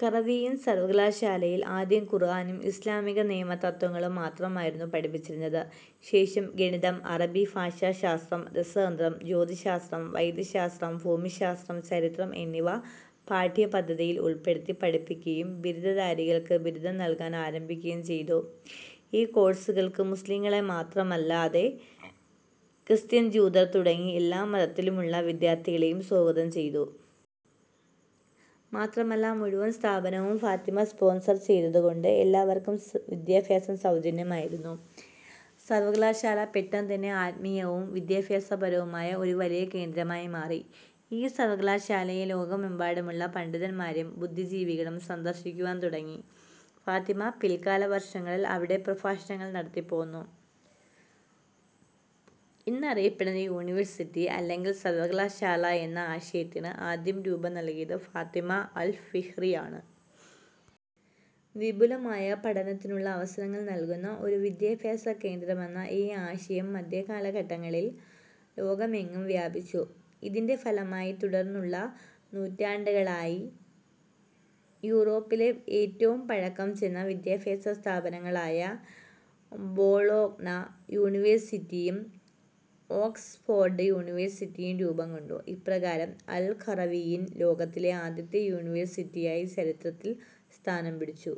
ഖറവിയ്യിൻ സർവ്വകലാശാലയിൽ ആദ്യം ഖുർആനും ഇസ്ലാമിക നിയമ തത്വങ്ങളും മാത്രമായിരുന്നു പഠിപ്പിച്ചിരുന്നത്. ശേഷം ഗണിതം, അറബി ഭാഷാ ശാസ്ത്രം, രസതന്ത്രം, ജ്യോതിശാസ്ത്രം, വൈദ്യശാസ്ത്രം, ഭൂമിശാസ്ത്രം, ചരിത്രം എന്നിവ പാഠ്യപദ്ധതിയിൽ ഉൾപ്പെടുത്തി പഠിപ്പിക്കുകയും ബിരുദധാരികൾക്ക് ബിരുദം നൽകാൻ ആരംഭിക്കുകയും ചെയ്തു. ഈ കോഴ്സുകൾക്ക് മുസ്ലിമുകളെ മാത്രമല്ലാതെ ക്രിസ്ത്യർ, ജൂതർ തുടങ്ങി എല്ലാ മതത്തിലുള്ള വിദ്യാർത്ഥികളെയും സ്വാഗതം ചെയ്തു. മാത്രമല്ല മുഴുവൻ സ്ഥാപനവും ഫാത്തിമ സ്പോൺസർ ചെയ്തതുകൊണ്ട് എല്ലാവർക്കും വിദ്യാഭ്യാസം സൗജന്യമായിരുന്നു. സർവകലാശാല പെട്ടെന്ന് തന്നെ ആത്മീയവും വിദ്യാഭ്യാസപരവുമായ ഒരു വലിയ കേന്ദ്രമായി മാറി. ഈ സർവകലാശാലയെ ലോകമെമ്പാടുമുള്ള പണ്ഡിതന്മാരും ബുദ്ധിജീവികളും സന്ദർശിക്കുവാൻ തുടങ്ങി. ഫാത്തിമ പിൽക്കാല വർഷങ്ങളിൽ അവിടെ പ്രഭാഷണങ്ങൾ നടത്തിപൊന്നു. ഇന്നറിയപ്പെടുന്ന യൂണിവേഴ്സിറ്റി അല്ലെങ്കിൽ സർവ്വകലാശാല എന്ന ആശയത്തിന് ആദ്യം രൂപം നൽകിയത് ഫാത്തിമ അൽ ഫിഹ്രിയാണ്. വിപുലമായ പഠനത്തിനുള്ള അവസരങ്ങൾ നൽകുന്ന ഒരു വിദ്യാഭ്യാസ കേന്ദ്രമെന്ന ഈ ആശയം മധ്യകാലഘട്ടങ്ങളിൽ ലോകമെങ്ങും വ്യാപിച്ചു. ഇതിന്റെ ഫലമായി തുടർന്നുള്ള നൂറ്റാണ്ടുകളായി യൂറോപ്പിലെ ഏറ്റവും പഴക്കം ചെന്ന വിദ്യാഭ്യാസ സ്ഥാപനങ്ങളായ ബൊളോഗ്ന യൂണിവേഴ്സിറ്റിയും ഓക്സ്ഫോർഡ് യൂണിവേഴ്സിറ്റിയും രൂപം കൊണ്ടു. ഇപ്രകാരം അൽ ഖറവിയ്യിൻ ലോകത്തിലെ ആദ്യത്തെ യൂണിവേഴ്സിറ്റിയായി ചരിത്രത്തിൽ സ്ഥാനം പിടിച്ചു.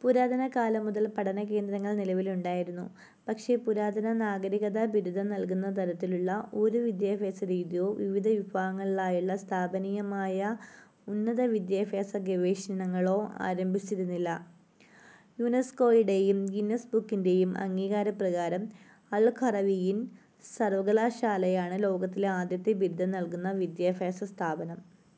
പുരാതന കാലം മുതൽ പഠന കേന്ദ്രങ്ങൾ നിലവിലുണ്ടായിരുന്നു, പക്ഷെ പുരാതന നാഗരികത ബിരുദം നൽകുന്ന തരത്തിലുള്ള ഒരു വിദ്യാഭ്യാസ രീതിയോ വിവിധ വിഭാഗങ്ങളിലായുള്ള സ്ഥാപനീയമായ ഉന്നത വിദ്യാഭ്യാസ ഗവേഷണങ്ങളോ ആരംഭിച്ചിരുന്നില്ല. യുനെസ്കോയുടെയും ഗിന്നസ് ബുക്കിന്റെയും അംഗീകാര പ്രകാരം അൽ ഖറവിയ്യിൻ സർവകലാശാലയാണ് ലോകത്തിലെ ആദ്യത്തെ ബിരുദം നൽകുന്ന വിദ്യാഭ്യാസ സ്ഥാപനം.